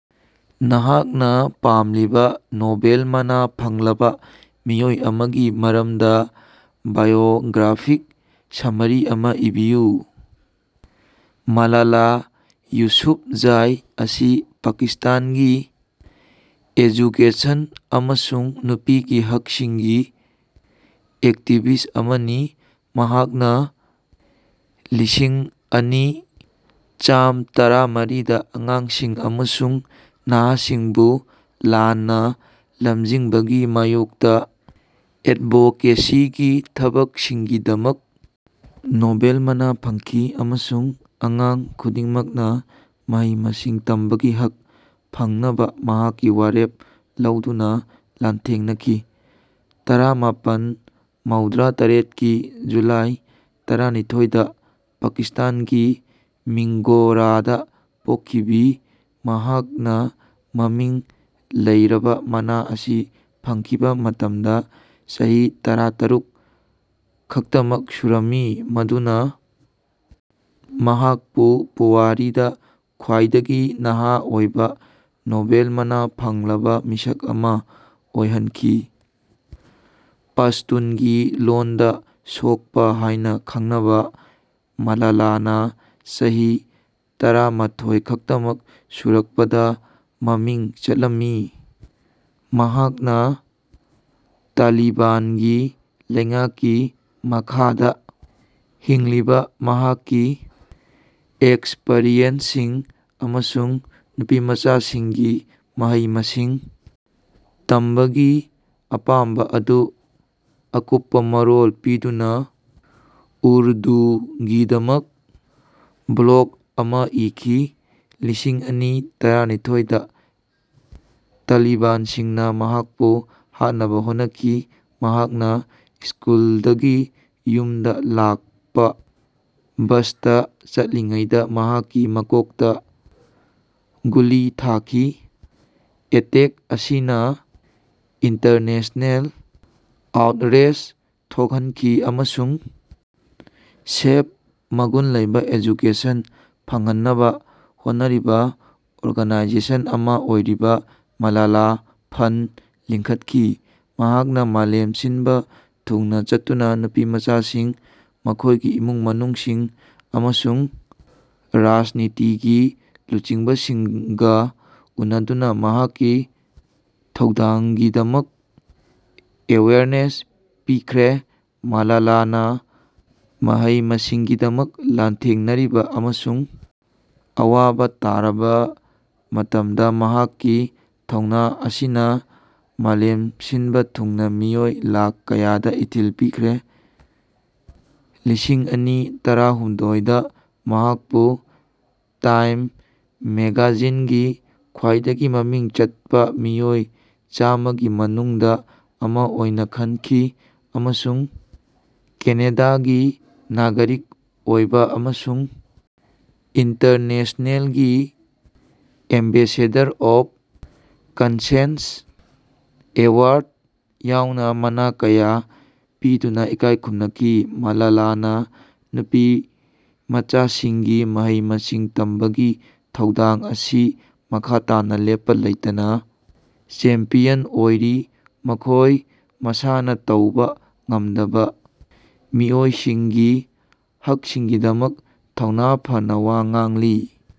ꯅꯍꯥꯛꯅꯥ ꯄꯥꯝꯂꯤꯕꯥ ꯅꯣꯕꯦꯜ ꯃꯅꯥ ꯐꯪꯂꯕꯥ ꯃꯤꯑꯣꯏ ꯑꯃꯒꯤ ꯃꯔꯝꯗꯥ ꯕꯥꯏꯑꯣꯒ꯭ꯔꯥꯐꯤꯛ ꯁꯝꯃꯥꯔꯤ ꯑꯃꯥ ꯏꯕꯤꯌꯨ꯫ ꯃꯥꯂꯥꯂꯥ ꯌꯨꯁꯨꯐꯖꯥꯏ ꯑꯁꯤ ꯄꯥꯀꯤꯁꯇꯥꯟꯒꯤ ꯑꯦꯖꯨꯀꯦꯁꯟ ꯑꯃꯁꯨꯡ ꯅꯨꯄꯤꯒꯤ ꯍꯛꯁꯤꯡꯒꯤ ꯑꯦꯛꯇꯤꯕꯤꯁ ꯑꯃꯅꯤ, ꯃꯍꯥꯛꯅꯥ ꯂꯤꯁꯤꯡꯑꯅꯤ ꯆꯥꯝꯇꯔꯥꯃꯔꯤꯗꯥ ꯑꯉꯥꯡꯁꯤꯡ ꯑꯃꯁꯨꯡ ꯅꯍꯥꯁꯤꯡꯕꯨ ꯂꯥꯟꯅꯥ ꯂꯝꯖꯤꯡꯕꯒꯤ ꯃꯥꯌꯣꯛꯇꯥ ꯑꯦꯗꯚꯣꯀꯦꯁꯤꯒꯤ ꯊꯕꯛꯁꯤꯡꯒꯤꯗꯃꯛ ꯅꯣꯕꯦꯜ ꯃꯅꯥ ꯐꯪꯈꯤ, ꯑꯃꯁꯨꯡ ꯑꯉꯥꯡ ꯈꯨꯗꯤꯡꯃꯛꯅꯥ ꯃꯍꯩ-ꯃꯁꯤꯡ ꯇꯝꯕꯒꯤ ꯍꯛ ꯐꯪꯅꯕꯥ ꯃꯍꯥꯛꯀꯤ ꯋꯥꯔꯦꯞ ꯂꯧꯗꯨꯅꯥ ꯂꯥꯟꯊꯦꯡꯅꯈꯤ꯫ ꯇꯔꯥꯃꯥꯄꯟ ꯃꯧꯗ꯭ꯔꯥꯇꯔꯦꯠꯀꯤ ꯖꯨꯂꯥꯏ ꯇꯔꯥꯅꯤꯊꯣꯏꯗꯥ ꯄꯥꯀꯤꯁꯇꯥꯟꯒꯤ ꯃꯤꯡꯒꯣꯔꯥꯗꯥ ꯄꯣꯛꯈꯤꯕꯤ ꯃꯍꯥꯛꯅꯥ ꯃꯃꯤꯡ ꯂꯩꯔꯕꯥ ꯃꯅꯥ ꯑꯁꯤ ꯐꯪꯈꯤꯕꯥ ꯃꯇꯝꯗꯥ ꯆꯍꯤ ꯇꯔꯥꯇꯔꯨꯛ ꯈꯛꯇꯃꯛ ꯁꯨꯔꯝꯃꯤ, ꯃꯗꯨꯅꯥ ꯃꯍꯥꯛꯄꯨ ꯄꯨꯋꯥꯔꯤꯗꯥ ꯈ꯭ꯋꯥꯏꯗꯒꯤ ꯅꯍꯥ ꯑꯣꯏꯕꯥ ꯅꯣꯕꯦꯜ ꯃꯅꯥ ꯐꯪꯂꯕꯥ ꯃꯤꯁꯛ ꯑꯃꯥ ꯑꯣꯏꯍꯟꯈꯤ꯫ ꯄꯁꯇꯨꯟꯒꯤ ꯂꯣꯟꯗꯥ ꯁꯣꯛꯄꯥ ꯍꯥꯏꯅꯥ ꯈꯪꯅꯕꯥ ꯃꯥꯂꯥꯂꯥꯅꯥ ꯆꯍꯤ ꯇꯔꯥꯃꯥꯊꯣꯏ ꯈꯛꯇꯃꯛ ꯁꯨꯔꯛꯄꯗꯥ ꯃꯃꯤꯡ ꯆꯠꯂꯝꯃꯤ, ꯃꯍꯥꯛꯅꯥ ꯇꯥꯂꯤꯕꯥꯟꯒꯤ ꯂꯩꯉꯥꯛꯀꯤ ꯃꯈꯥꯗꯥ ꯍꯤꯡꯂꯤꯕꯥ ꯃꯍꯥꯛꯀꯤ ꯑꯦꯛꯁꯄꯔꯤꯌꯦꯟꯁꯁꯤꯡ ꯑꯃꯁꯨꯡ ꯅꯨꯄꯤꯃꯆꯥꯁꯤꯡꯒꯤ ꯃꯍꯩ-ꯃꯁꯤꯡ ꯇꯝꯕꯒꯤ ꯑꯄꯥꯝꯕꯥ ꯑꯗꯨ ꯑꯀꯨꯞꯄꯥ ꯃꯔꯣꯜ ꯄꯤꯗꯨꯅꯥ ꯎꯔꯗꯨꯒꯤꯗꯃꯛ ꯕ꯭ꯂꯣꯒ ꯑꯃꯥ ꯏꯈꯤ꯫ ꯂꯤꯁꯤꯡ ꯑꯅꯤ ꯇꯔꯥꯅꯤꯊꯣꯏꯗꯥ ꯇꯥꯂꯤꯕꯥꯟꯁꯤꯡꯅꯥ ꯃꯍꯥꯛꯄꯨ ꯍꯥꯠꯅꯕꯥ ꯍꯣꯠꯅꯈꯤ, ꯃꯍꯥꯛꯅꯥ ꯁ꯭ꯀꯨꯜꯗꯒꯤ ꯌꯨꯝꯗꯥ ꯂꯥꯛꯄꯥ ꯕꯁꯇꯥ ꯆꯠꯂꯤꯉꯩꯗꯥ ꯃꯍꯥꯛꯀꯤ ꯃꯀꯣꯛꯇꯥ ꯒꯨꯂꯤ ꯊꯥꯈꯤ꯫ ꯑꯦꯇꯦꯛ ꯑꯁꯤꯅꯥ ꯏꯟꯇꯔꯅꯦꯁꯅꯦꯜ ꯑꯥꯎꯠꯔꯦꯖ ꯊꯣꯛꯍꯟꯈꯤ ꯑꯃꯁꯨꯡ ꯁꯦꯐ, ꯃꯒꯨꯟ ꯂꯩꯕꯥ ꯑꯦꯖꯨꯀꯦꯁꯟ ꯐꯪꯍꯟꯅꯕꯥ ꯍꯣꯠꯅꯔꯤꯕꯥ ꯑꯣꯔꯒꯅꯥꯏꯖꯦꯁꯟ ꯑꯃꯥ ꯑꯣꯏꯔꯤꯕꯥ ꯃꯥꯂꯥꯂꯥ ꯐꯟꯗ ꯂꯤꯡꯈꯠꯈꯤ꯫ ꯃꯍꯥꯛꯅꯥ ꯃꯥꯂꯦꯝ ꯁꯤꯟꯕꯥ ꯊꯨꯡꯅꯥ ꯆꯠꯇꯨꯅꯥ ꯅꯨꯄꯤꯃꯆꯥꯁꯤꯡ, ꯃꯈꯣꯏꯒꯤ ꯏꯃꯨꯡ ꯃꯅꯨꯡꯁꯤꯡ, ꯑꯃꯁꯨꯡ ꯔꯥꯖꯅꯤꯇꯤꯒꯤ ꯂꯨꯆꯤꯡꯕꯁꯤꯡꯒꯥ ꯎꯅꯗꯨꯅꯥ ꯃꯍꯥꯛꯀꯤ ꯊꯧꯗꯥꯡꯒꯤꯗꯃꯛ ꯑꯦꯋꯦꯌꯔꯅꯦꯁ ꯄꯤꯈ꯭ꯔꯦ꯫ ꯃꯥꯂꯥꯂꯥꯅꯥ ꯃꯍꯩ-ꯃꯁꯤꯡꯒꯤꯗꯃꯛ ꯂꯥꯟꯊꯦꯡꯅꯔꯤꯕꯥ ꯑꯃꯁꯨꯡ ꯑꯋꯥꯕꯥ ꯇꯥꯔꯕꯥ ꯃꯇꯝꯗꯥ ꯃꯍꯥꯛꯀꯤ ꯊꯧꯅꯥ ꯑꯁꯤꯅꯥ ꯃꯥꯂꯦꯝ ꯁꯤꯟꯕꯥ ꯊꯨꯡꯅꯥ ꯃꯤꯑꯣꯏ ꯂꯥꯈ ꯀꯌꯥꯗꯥ ꯏꯊꯤꯜ ꯄꯤꯈ꯭ꯔꯦ꯫ ꯂꯤꯁꯤꯡꯑꯅꯤ ꯇꯔꯥꯍꯨꯝꯗꯣꯏꯗ ꯃꯍꯥꯛꯄꯨ ꯇꯥꯏꯝ ꯃꯦꯒꯥꯖꯤꯟꯒꯤ ꯈ꯭ꯋꯥꯏꯗꯒꯤ ꯃꯃꯤꯡ ꯆꯠꯄꯥ ꯃꯤꯑꯣꯏ ꯆꯥꯝꯃꯥꯒꯤ ꯃꯅꯨꯡꯗꯥ ꯑꯃꯥ ꯑꯣꯏꯅꯥ ꯈꯟꯈꯤ ꯑꯃꯁꯨꯡ ꯀꯦꯅꯦꯗꯥꯒꯤ ꯅꯥꯒꯔꯤꯛ ꯑꯣꯏꯕꯥ ꯑꯃꯁꯨꯡ ꯏꯟꯇꯔꯅꯦꯁꯅꯦꯜꯒꯤ ꯑꯦꯝꯕꯦꯁꯦꯗꯔ ꯑꯣꯐ ꯀꯟꯁꯦꯟꯁ ꯑꯦꯋꯥꯔꯗ ꯌꯥꯎꯅꯥ ꯃꯅꯥ ꯀꯌꯥ ꯄꯤꯗꯨꯅꯥ ꯏꯀꯥꯏ ꯈꯨꯝꯅꯈꯤ꯫ ꯃꯥꯂꯥꯂꯥꯅꯥ ꯅꯨꯄꯤꯃꯆꯥꯁꯤꯡꯒꯤ ꯃꯍꯩ-ꯃꯁꯤꯡ ꯇꯝꯕꯒꯤ ꯊꯧꯗꯥꯡ ꯑꯁꯤ ꯃꯈꯥ ꯇꯥꯅꯥ ꯂꯦꯞꯄꯥ ꯂꯩꯇꯅꯥ ꯆꯦꯝꯄꯤꯌꯟ ꯑꯣꯏꯔꯤ, ꯃꯈꯣꯏ ꯃꯁꯥꯅꯥ ꯇꯧꯕꯥ ꯉꯝꯗꯕꯥ ꯃꯤꯑꯣꯏꯁꯤꯡꯒꯤ ꯍꯛꯁꯤꯡꯒꯤꯗꯃꯛ ꯊꯧꯅꯥ ꯐꯅꯥ ꯋꯥ ꯉꯥꯡꯂꯤ꯫